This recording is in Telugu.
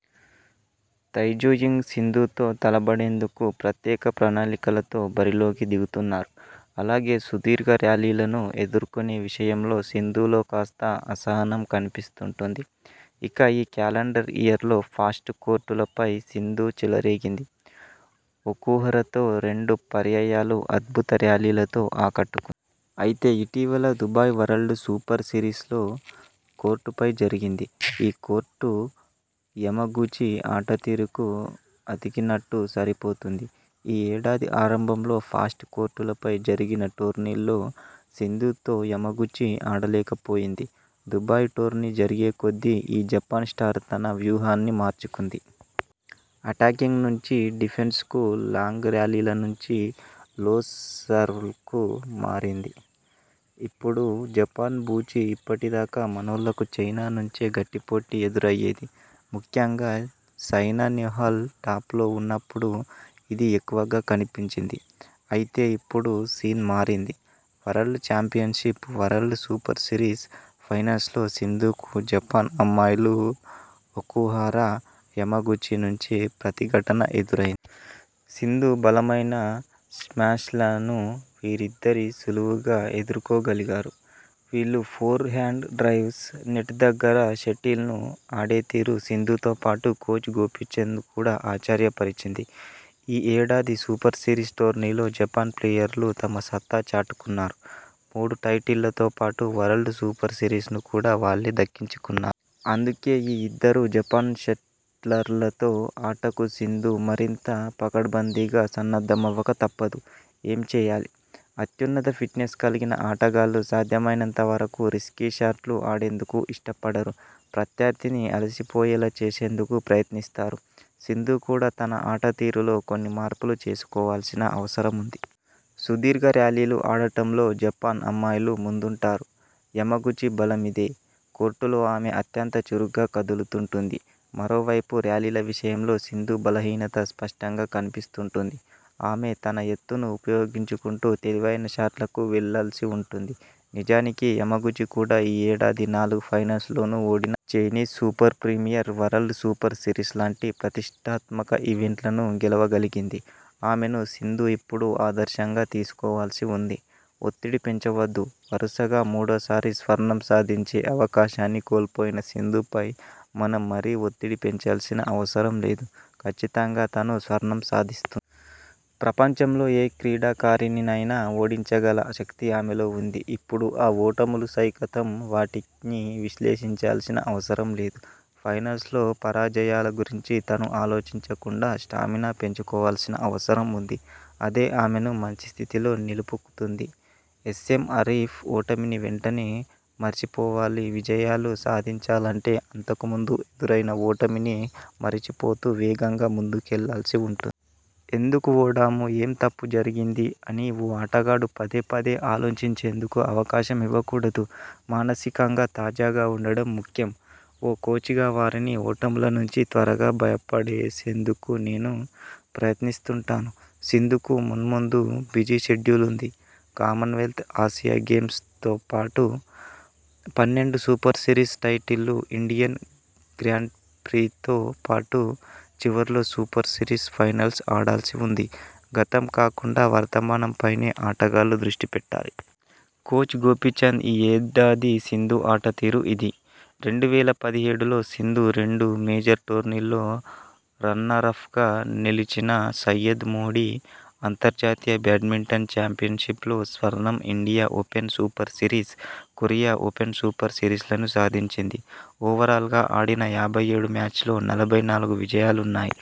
తై జు యింగ్.. సింధుతో తలపడేందుకు ప్రత్యేక ప్రణాళికలతో బరిలో కి దిగుతున్నారు. అలాగే సుదీర్ఘ ర్యాలీలను ఎదుర్కొనే విషయంలో సింధులో కాస్త అసహనం కనిపిస్తుంటుంది. ఇక ఈ క్యాలెండర్ ఇయర్లో ఫాస్ట్ కోర్టులపై సింధు చెలరేగింది. ఒకుహరతో రెండు పర్యాయాలు అద్భుత ర్యాలీలతో ఆకట్టుకుంది. అయితే ఇటీవలి Dubai world super series slow కోర్టుపై జరిగింది. ఈ కోర్టు యమగుచి ఆటతీరుకు అతికినట్టు సరిపోతుంది. ఈ ఏడాది ఆరంభంలో ఫాస్ట్ కోర్టులపై జరిగిన టోర్నీల్లో సింధుతో యమగుచి ఆడలేకపోయింది. దుబాయ్ టోర్నీ జరిగేకొద్దీ ఈ జపాన్ స్టార్ తన వ్యూహాన్ని మార్చుకుంది. అటాకింగ్ నుంచి డిఫెన్స్కు.. లాంగ్ ర్యాలీల నుంచి లో సర్వ్లకు మారింది. ఇప్పుడు జపాన్ బూచి ఇప్పటిదాకా మనోళ్లకు చైనా నుంచే గట్టిపోటీ ఎదురయ్యేది. ముఖ్యంగా సైనా నెహ్వాల్ టాప్లో ఉన్నప్పుడు ఇది ఎక్కువగా కనిపించింది. అయితే ఇప్పుడు సీన్ మారింది. World championship, world super series finals లో సింధుకు జపాన్ అమ్మాయిలు ఒకుహ రా, యమగుచి నుంచే ప్రతి ఘటన ఎదురైంది. సింధు బలమైన స్మాష్ల ను వీరిద్దరు సులువుగా ఎదుర్కో గలిగారు. వీళ్లు ఫోర్ హ్యాండ్ డ్రైవ్స్, నెట్ దగ్గర షటిల్ను ఆడేతీరు సింధుతో పాటు కోచ్ గోపీచంద్ను కూడా ఆశ్చర్యపరిచింది. ఈ ఏడాది సూపర్సిరీస్ టోర్నీల్లో జపాన్ ప్లేయర్లు తమ సత్తా చాటుకున్నారు. మూడు టైటిళ్లతో పాటు వరల్డ్ సూపర్ సిరీస్ను కూడా వాళ్లే దక్కించుకున్నారు. అందుకే ఈ ఇద్దరు జపాన్ షట్లర్లతో ఆటకు సింధు మరింత పకడ్బందీగా సన్నద్ధమవ్వక తప్పదు. ఏం చేయాలి? అత్యున్నత ఫిట్నెస్ కలిగిన ఆటగాళ్లు సాధ్యమైనంత వరకు రిస్కీ షాట్లు ఆడేందుకు ఇష్టపడరు. ప్రత్యర్థిని అలసిపోయేలా చేసేందుకు ప్రయత్నిస్తారు. సింధు కూడా తన ఆటతీరులో కొన్ని మార్పులు చేసుకోవాల్సిన అవసరముంది. సుదీర్ఘ ర్యాలీలు ఆడడంలో జపాన్ అమ్మాయిలు ముందుంటారు. యమగుచి బలమిదే.. కోర్టులో ఆమె అత్యంత చురుగ్గా కదులుతుంటుంది. మరోవైపు ర్యాలీల విషయంలో సింధు బలహీనత స్పష్టంగా కనిపిస్తుంటుంది. ఆమె తన ఎత్తును ఉపయోగించుకుంటూ తెలివైన షాట్లకు వెళ్లల్సి ఉంటుంది. నిజానికి యమగుచి కూడా ఈ ఏడాది నాలుగు ఫైనల్స్ లోనూ ఓడినా.. Chinese super premier, world super series లాంటి ప్రతిష్ఠాత్మక ఈవెంట్లను గెలవగలిగింది. ఆమెను సింధు ఇప్పుడు ఆదర్శంగా తీసుకోవాల్సి ఉంది. ఒత్తిడి పెంచవద్దు. వరుసగా మూడోసారి స్వర్ణం సాధించే అవకాశాన్ని కోల్పోయిన సింధుపై మనం మరీ ఒత్తిడి పెంచాల్సిన అవసరం లేదు. కచ్చితంగా తను స్వర్ణం సాధిస్తుంది. ప్రపంచంలో ఏ క్రీడాకారిణినైనా ఓడించగల శక్తి ఆమెలో ఉంది. ఇప్పుడు ఆ ఓటములు గతం. వాటిని విశ్లేషించాల్సిన అవసరం లేదు. ఫైనల్స్లో పరాజయాల గురించి తను ఆలోచించకుండా స్టామినా పెంచుకోవాల్సిన అవసరం ఉంది. అదే ఆమెను మంచి స్థితిలో నిలుపుతుంది. ఎస్ఎం ఆరిఫ్ ఓటమిని వెంటనే మర్చిపోవాలివిజయాలు సాధించాలంటే అంతకు ముందు ఎదురైన ఓటమిని మరిచిపోతూ వేగంగా ముందుకెళ్లాల్సి ఉంటుంది. ఎందుకు ఓడాము.. ఏం తప్పు జరిగింది? అని ఓ ఆటగాడు పదేపదే ఆలోచించేందుకు అవకాశం ఇవ్వకూడదు. మానసికంగా తాజాగా ఉండడం ముఖ్యం. ఓ కోచ్గా వారిని ఓటముల నుంచి త్వరగా బయటపడేసేందుకు నేను ప్రయత్నిస్తుంటాను. సింధుకు మున్ముందు బిజీ షెడ్యూల్ ఉంది. కామన్వెల్త్, ఆసియా గేమ్స్తో పాటు పన్నెండు సూపర్ సిరీస్ టైటిళ్లు, ఇండియన్ గ్రాండ్ప్రీతో పాటు చివర్లో సూపర్ సిరీస్ ఫైనల్స్ ఆడాల్సి ఉంది గతం కాకుండా వర్తమానం పైనే ఆటగాళ్లు దృష్టి పెట్టాలి. కోచ్ గోపీచంద్ ఈ ఏడాది సింధు ఆటతీరు ఇదీ.. రెండు వేల పదిహేడులో సింధు రెండు మేజర్ టోర్నీల్లో రన్నరప్గా నిలిచినా సయ్యద్ మోడీ అంతర్జాతీయ బ్యాడ్మింటన్ చాంపియన్పిప్లో స్వర్ణం India open super series, Korea open super సిరీస్లను సాధించింది ఓవరాల్గా ఆడిన యాభై ఏడు మ్యాచ్ల్లో నలభై నాలుగు విజయాలున్నాయి.